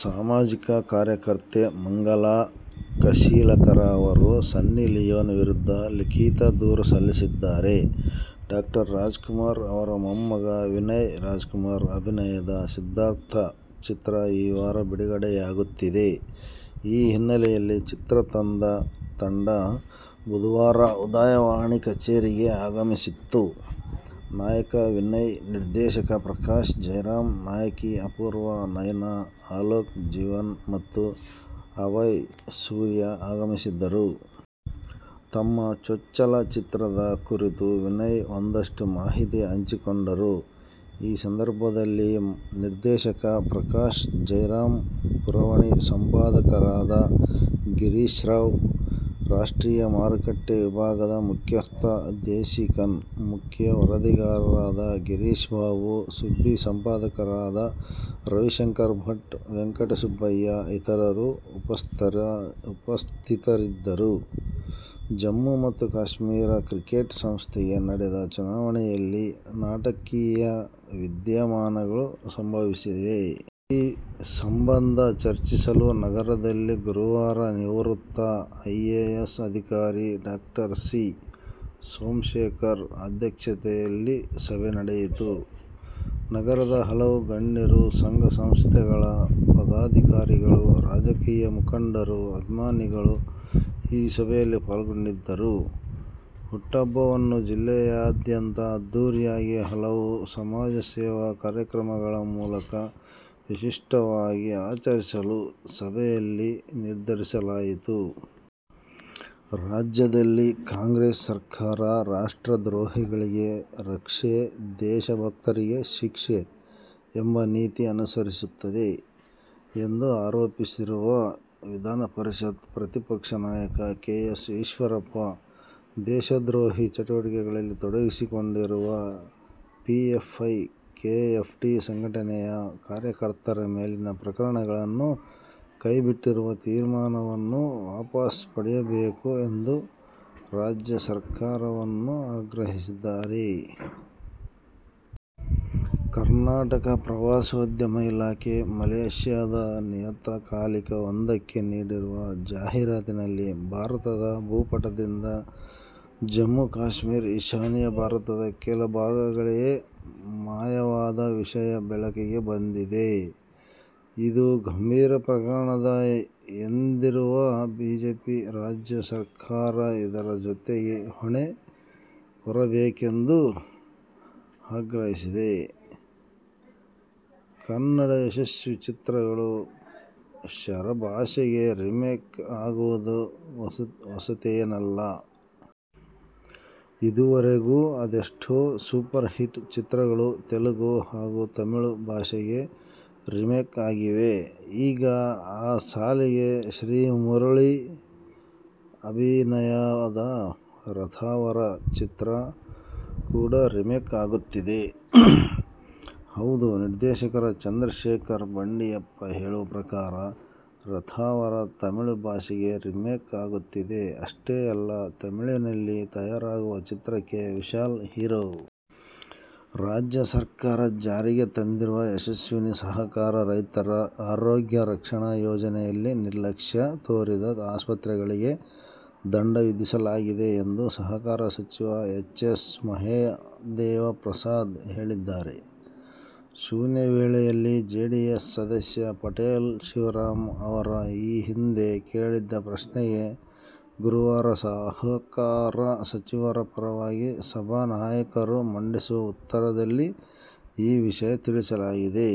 ಸಾಮಾಜಿಕ ಕಾರ್ಯಕರ್ತೆ ಮಂಗಲಾ ಕಶೀಲಕರ ಅವರು ಸನ್ನಿ ಲಿಯೋನ್ ವಿರುದ್ಧ ಲಿಖೀತ ದೂರು ಸಲ್ಲಿಸಿದ್ದಾರೆ. ಡಾ ರಾಜ್ಕುಮಾರ್ ಅವರ ಮೊಮ್ಮಗ ವಿನಯ್ ರಾಜ್ಕುಮಾರ್ ಅಭಿನಯದ "ಸಿದ್ಧಾರ್ಥ' ಚಿತ್ರ ಈ ವಾರ ಬಿಡುಗಡೆಯಾಗುತ್ತಿದೆ. ಈ ಹಿನ್ನೆಲೆಯಲ್ಲಿ ಚಿತ್ರತಂಡ ಬುಧವಾರ "ಉದಯವಾಣಿ' ಕಚೇರಿಗೆ ಆಗಮಿಸಿತ್ತು. ನಾಯಕ ವಿನಯ್, ನಿರ್ದೇಶಕ ಪ್ರಕಾಶ್ ಜಯರಾಮ್, ನಾಯಕಿ ಅಪೂರ್ವ, ನಯನಾ, ಅಲೋಕ್, ಜೀವನ್ ಮತ್ತು ಅಭಯ್ ಸೂರ್ಯ ಆಗಮಿಸಿದ್ದರು. ತಮ್ಮ ಚೊಚ್ಚಲ ಚಿತ್ರದ ಕುರಿತು ವಿನಯ್ ಒಂದಷ್ಟು ಮಾಹಿತಿ ಹಂಚಿಕೊಂಡರು. ಈ ಸಂದರ್ಭದಲ್ಲಿ ನಿರ್ದೇಶಕ ಪ್ರಕಾಶ್ ಜಯರಾಮ್, ಪುರವಣಿ ಸಂಪಾದಕರಾದ ಗಿರೀಶ್ರಾವ್, ರಾಷ್ಟ್ರೀಯ ಮಾರುಕಟ್ಟೆ ವಿಭಾಗದ ಮುಖ್ಯಸ್ಥ ದೇಸಿಕನ್, ಮುಖ್ಯ ವರದಿಗಾರರಾದ ಗಿರೀಶ್ ಬಾಬು, ಸುದ್ದಿ ಸಂಪಾದಕರಾದ ರವಿಶಂಕರ್ ಭಟ್, ವೆಂಕಟಸುಬ್ಬಯ್ಯ ಇತರರು ಉಪಸ್ಥಿತರಿದ್ದರು. ಜಮ್ಮು ಮತ್ತು ಕಾಶ್ಮೀರ ಕ್ರಿಕೆಟ್ ಸಂಸ್ಥೆಗೆ ನಡೆದ ಚುನಾವಣೆಯಲ್ಲಿ ನಾಟಕೀಯ ವಿದ್ಯಮಾನಗಳು ಸಂಭವಿಸಿವೆ. ಈ ಸಂಬಂಧ ಚರ್ಚಿಸಲು ನಗರದಲ್ಲಿ ಗುರುವಾರ ನಿವೃತ್ತ ಐಎಎಸ್ ಅಧಿಕಾರಿ ಡಾ. ಸಿ. ಸೋಮಶೇಖರ್ ಅಧ್ಯಕ್ಷತೆಯಲ್ಲಿ ಸಭೆ ನಡೆಯಿತು. ನಗರದ ಹಲವು ಗಣ್ಯರು, ಸಂಘ-ಸಂಸ್ಥೆಗಳ ಪದಾಧಿಕಾರಿಗಳು, ರಾಜಕೀಯ ಮುಖಂಡರು, ಅಭಿಮಾನಿಗಳು ಈ ಸಭೆಯಲ್ಲಿ ಪಾಲ್ಗೊಂಡಿದ್ದರು. ಹುಟ್ಟುಹಬ್ಬವನ್ನು ಜಿಲ್ಲೆಯಾದ್ಯಂತ ಅದ್ಧೂರಿಯಾಗಿ, ಹಲವು ಸಮಾಜಸೇವಾ ಕಾರ್ಯಕ್ರಮಗಳ ಮೂಲಕ ವಿಶಿಷ್ಟವಾಗಿ ಆಚರಿಸಲು ಸಭೆಯಲ್ಲಿ ನಿರ್ಧರಿಸಲಾಯಿತು. ರಾಜ್ಯದಲ್ಲಿ ಕಾಂಗ್ರೆಸ್ ಸರ್ಕಾರ "ರಾಷ್ಟ್ರ ದ್ರೋಹಿಗಳಿಗೆ ರಕ್ಷೆ-ದೇಶ ಭಕ್ತರಿಗೆ ಶಿಕ್ಷೆ' ಎಂಬ ನೀತಿ ಅನುಸರಿಸುತ್ತಿದೆ ಎಂದು ಆರೋಪಿಸಿರುವ ವಿಧಾನಪರಿಷತ್ ಪ್ರತಿಪಕ್ಷ ನಾಯಕ ಕೆ. ಎಸ್. ಈಶ್ವರಪ್ಪ, ದೇಶದ್ರೋಹಿ ಚಟುವಟಿಕೆಗಳಲ್ಲಿ ತೊಡಗಿಸಿಕೊಂಡಿರುವ ಪಿಎಫ್ಐ, ಕೆಎಫ್ಡಿ ಸಂಘಟನೆಯ ಕಾರ್ಯಕರ್ತರ ಮೇಲಿನ ಪ್ರಕರಣಗಳನ್ನು ಕೈಬಿಟ್ಟಿರುವ ತೀರ್ಮಾನವನ್ನು ವಾಪಸ್ ಪಡೆಯಬೇಕು ಎಂದು ರಾಜ್ಯ ಸರ್ಕಾರವನ್ನು ಆಗ್ರಹಿಸಿದ್ದಾರೆ. ಕರ್ನಾಟಕ ಪ್ರವಾಸೋದ್ಯಮ ಇಲಾಖೆ ಮಲೇಷ್ಯಾದ ನಿಯತಕಾಲಿಕೆ ಒಂದಕ್ಕೆ ನೀಡಿರುವ ಜಾಹೀರಾತಿನಲ್ಲಿ ಭಾರತದ ಭೂಪಟದಿಂದ ಜಮ್ಮು- ಕಾಶ್ಮೀರ, ಈಶಾನ್ಯ ಭಾರತದ ಕೆಲ ಭಾಗಗಳೇ ಮಾಯವಾದ ವಿಷಯ ಬೆಳಕಿಗೆ ಬಂದಿದೆ. ಇದು ಗಂಭೀರ ಪ್ರಕರಣ ಎಂದಿರುವ ಬಿಜೆಪಿ, ರಾಜ್ಯ ಸರ್ಕಾರ ಇದರ ಹೊಣೆ ಹೊರಬೇಕೆಂದು ಆಗ್ರಹಿಸಿದೆ. ಕನ್ನಡದ ಯಶಸ್ವಿ ಚಿತ್ರಗಳು ಪರಭಾಷೆಗೆ ರಿಮೇಕ್ ಆಗುವುದು ಹೊಸತೇನಲ್ಲ. ಇದುವರೆಗೆ ಅದೆಷ್ಟೋ ಸೂಪರ್ ಹಿಟ್ ಚಿತ್ರಗಳು ತೆಲುಗು ಹಾಗು ತಮಿಳು ಭಾಷೆಗೆ ರಿಮೇಕ್ ಆಗಿವೆ. ಈಗ ಆ ಸಾಲಿಗೆ ಶ್ರೀಮುರಳಿ ಅಭಿನಯದ "ರಥಾವರ' ಚಿತ್ರ ಕೂಡ ರಿಮೇಕ್ ಆಗುತ್ತಿದೆ. ಹೌದು, ನಿರ್ದೇಶಕ ಚಂದ್ರಶೇಖರ್ ಬಂಡಿಯಪ್ಪ ಹೇಳುವ ಪ್ರಕಾರ, "ರಥಾವರ' ತಮಿಳು ಭಾಷೆಗೆ ರಿಮೇಕ್ ಆಗುತ್ತಿದೆ. ಅಷ್ಟೇ ಅಲ್ಲ, ತಮಿಳಿನಲ್ಲಿ ತಯಾರಾಗುವ ಚಿತ್ರಕ್ಕೆ ವಿಶಾಲ್ ಹೀರೋ. ರಾಜ್ಯ ಸರ್ಕಾರ ಜಾರಿಗೆ ತಂದಿರುವ ಯಶಸ್ವಿನಿ ಸಹಕಾರ ರೈತರ ಆರೋಗ್ಯ ರಕ್ಷಣಾ ಯೋಜನೆಯಲ್ಲಿ ನಿರ್ಲಕ್ಷ್ಯ ತೋರಿದ ಆಸ್ಪತ್ರೆಗಳಿಗೆ ದಂಡ ವಿಧಿಸಲಾಗಿದೆ ಎಂದು ಸಹಕಾರ ಸಚಿವ ಎಚ್. ಎಸ್. ಮಹದೇವಪ್ರಸಾದ್ ಹೇಳಿದ್ದಾರೆ. ಶೂನ್ಯವೇಳೆಯಲ್ಲಿ ಜೆಡಿಎಸ್ ಸದಸ್ಯ ಪಟೇಲ್ ಶಿವರಾಮ್ ಅವರು ಈ ಹಿಂದೆ ಕೇಳಿದ್ದ ಪ್ರಶ್ನೆಗೆ ಗುರುವಾರ ಸಹಕಾರ ಸಚಿವರ ಪರವಾಗಿ ಸಭಾನಾಯಕರು ಮಂಡಿಸಿದ ಉತ್ತರದಲ್ಲಿ ಈ ವಿಷಯ ತಿಳಿಸಲಾಗಿದೆ.